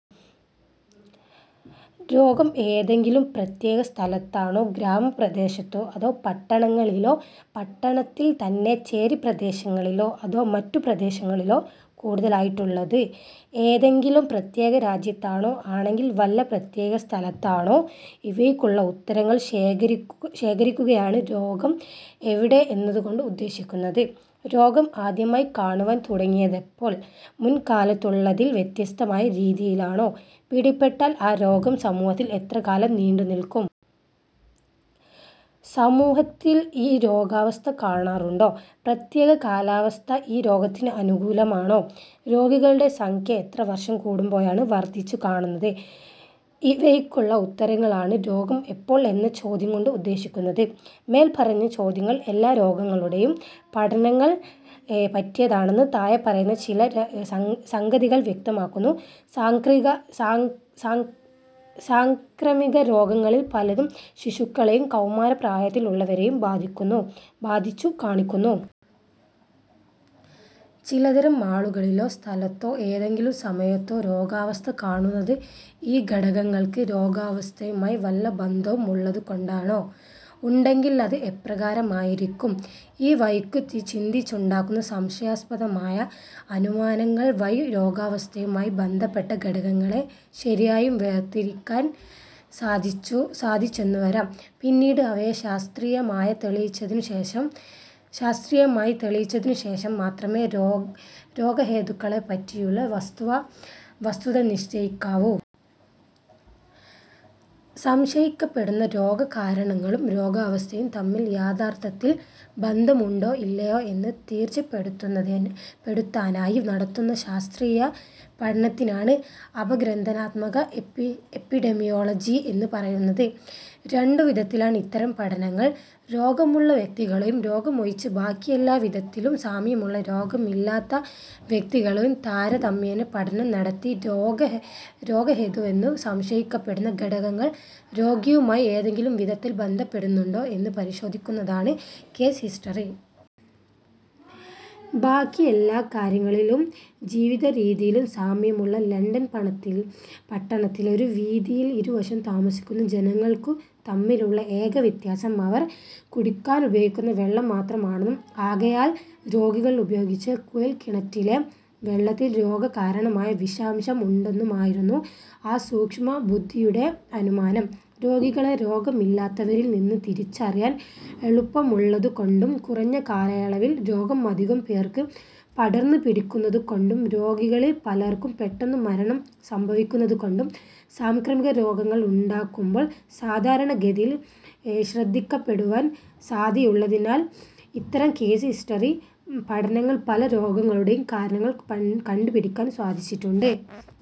രോഗം ഏതെങ്കിലും പ്രത്യേക സ്ഥലത്താണോ, ഗ്രാമപ്രദേശത്തോ അതോ പട്ടണങ്ങളിലോ പട്ടണത്തിൽത്തന്നെ ചേരിപ്രദേശങ്ങളിലോ അതോ മറ്റു പ്രദേശങ്ങളിലോ കൂടുതലായിട്ടുള്ളത്? ഏതെങ്കിലും പ്രത്യേകരാജ്യത്താണോ? ആണെങ്കിൽ വല്ല പ്രത്യേകസ്ഥലത്താണോ? ഇവയ്ക്കുള്ള ഉത്തരങ്ങൾ ശേഖരിക്കുകയാണ് രോഗം എവിടെ എന്നതുകൊണ്ട് ഉദ്ദേശിക്കുന്നത്. രോഗം ആദ്യമായി കാണുവാൻ തുടങ്ങിയതെപ്പോൾ? മുൻകാലത്തുള്ളതിൽ വ്യത്യസ്തമായ രീതിയിലാണോ? പിടിപെട്ടാൽ ആ രോഗം ഒരു സമൂഹത്തിൽ എത്രകാലം നീണ്ടുനിൽക്കും? സമൂഹത്തിൽ ഈ രോഗാവസ്ഥ കാണാറുണ്ടോ? പ്രത്യേകകാലാവസ്ഥ ഈ രോഗത്തിന് അനുകൂലമാണോ? രോഗികളുടെ സംഖ്യ എത്ര വർഷം കൂടുമ്പോഴാണ് വർദ്ധിച്ചുകാണുന്നത്? ഇവയ്ക്കുള്ള ഉത്തരങ്ങളാണ് രോഗം എപ്പോൾ എന്ന ചോദ്യംകൊണ്ട് ഉദ്ദേശിക്കുന്നത്. മേൽപ്പറഞ്ഞ ചോദ്യങ്ങൾ എല്ലാരോഗങ്ങളുടെയും പഠനങ്ങൾക്കു പറ്റിയതാണെന്ന് താഴെപറയുന്ന ചില സംഗതികൾ വ്യക്തമാക്കുന്നു. സാംക്രമികരോഗങ്ങളിൽ പലതും ശിശുക്കളെയും കൗമാരപ്രായത്തിൽ ഉള്ളവരെയും ബാധിച്ചു കാണുന്നു. ചിലതരം ആളുകളിലോ, സ്ഥലത്തോ, ഏതെങ്കിലും സമയത്തോ രോഗാവസ്ഥ കാണുന്നത് ഈ ഘടകങ്ങൾക്ക് രോഗാവസ്ഥയുമായി വല്ല ബന്ധവും ഉള്ളതുകൊണ്ടാണോ? ഉണ്ടെങ്കിൽ അത് എപ്രകാരമായിരിക്കാം? ഈ വഴിക്കു ചിന്തിച്ചുണ്ടാകുന്ന സംശയാസ്പദമായ അനുമാനങ്ങൾ വഴി രോഗാവസ്ഥയുമായി ബന്ധപ്പെട്ട ഘടകങ്ങളെ ശരിയായും വേർതിരിക്കാൻ സാധിച്ചെന്നുവരാം. പിന്നീട് അവയെ ശാസ്ത്രീയമായി തെളിയിച്ചതിനു ശേഷം മാത്രമേ രോഗഹേതുക്കളെപ്പറ്റിയുള്ള വസ്തുത നിശ്ചയിക്കാവു. സംശയിക്കപ്പെടുന്ന രോഗകാരണങ്ങളും രോഗാവസ്ഥയും തമ്മിൽ യഥാർത്ഥത്തിൽ ബന്ധമുണ്ടോ ഇല്ലയോ എന്നു തീർച്ചപ്പെടുത്താനായി നടത്തുന്ന ശാസ്ത്രീയ പഠനത്തിനാണ് അപഗ്രഥനാത്മക എപ്പിഡെമിയോളജി എന്നുപറയുന്നത്. രണ്ടുവിധത്തിലാണ് ഇത്തരം പഠനങ്ങൾ: രോഗമുള്ള വ്യക്തികളെയും രോഗമൊഴിച്ച് ബാക്കിയെല്ലാവിധത്തിലും സാമ്യമുള്ള രോഗമില്ലാത്ത വ്യക്തികളെയും താരതമ്യേന പഠനം നടത്തി രോഗഹേതുവെന്നു സംശയിക്കപ്പെടുന്ന ഘടകങ്ങൾ രോഗിയുമായി ഏതെങ്കിലും വിധത്തിൽ ബന്ധപ്പെടുന്നുണ്ടോ എന്നു പരിശോധിക്കുന്നതാണ് കേസ് ഹിസ്റ്ററി. ബാക്കി എല്ലാകാര്യങ്ങളിലും ജീവിതരീതിയിലും സാമ്യമുള്ള ലണ്ടൻ പട്ടണത്തിലെ ഒരു വീഥിയിൽ ഇരുവശം താമസിക്കുന്ന ജനങ്ങൾക്കു തമ്മിലുള്ള ഏക വ്യത്യാസം അവർ കുടിക്കാനുപയോഗിക്കുന്ന വെള്ളം മാത്രമാണെന്നും ആകയാൽ രോഗികൾ ഉപയോഗിച്ച കുഴൽ കിണറ്റിലെ വെള്ളത്തിൽ രോഗകാരണമായ വിഷാംശം ഉണ്ടെന്നുമായിരുന്നു ആ സൂക്ഷ്മബുദ്ധിയുടെ അനുമാനം. രോഗികളെ രോഗമില്ലാത്തവരിൽ നിന്നു തിരിച്ചറിയാൻ എളുപ്പമുള്ളതുകൊണ്ടും കുറഞ്ഞകാലയളവിൽ രോഗം അധികം പേർക്കും പടർന്നു പിടിക്കുന്നതുകോണ്ടും രോഗികളിൽ പലർക്കും പെട്ടെന്നു മരണം സംഭവിക്കുന്നതുകൊണ്ടും സാംക്രമികരോഗങ്ങൾ ഉണ്ടാകുമ്പോൾ സാധാരണഗതിയിൽ ശ്രദ്ധിക്കപ്പെടുവാൻ സാധ്യതയുള്ളതിനാൽ ഇത്തരം കേസ് ഹിസ്റ്ററി പഠനങ്ങൾ പല രോഗങ്ങളുടെയും കാരണങ്ങൾ കണ്ടുപിടിക്കുവാൻ സാധിച്ചിട്ടുണ്ട്.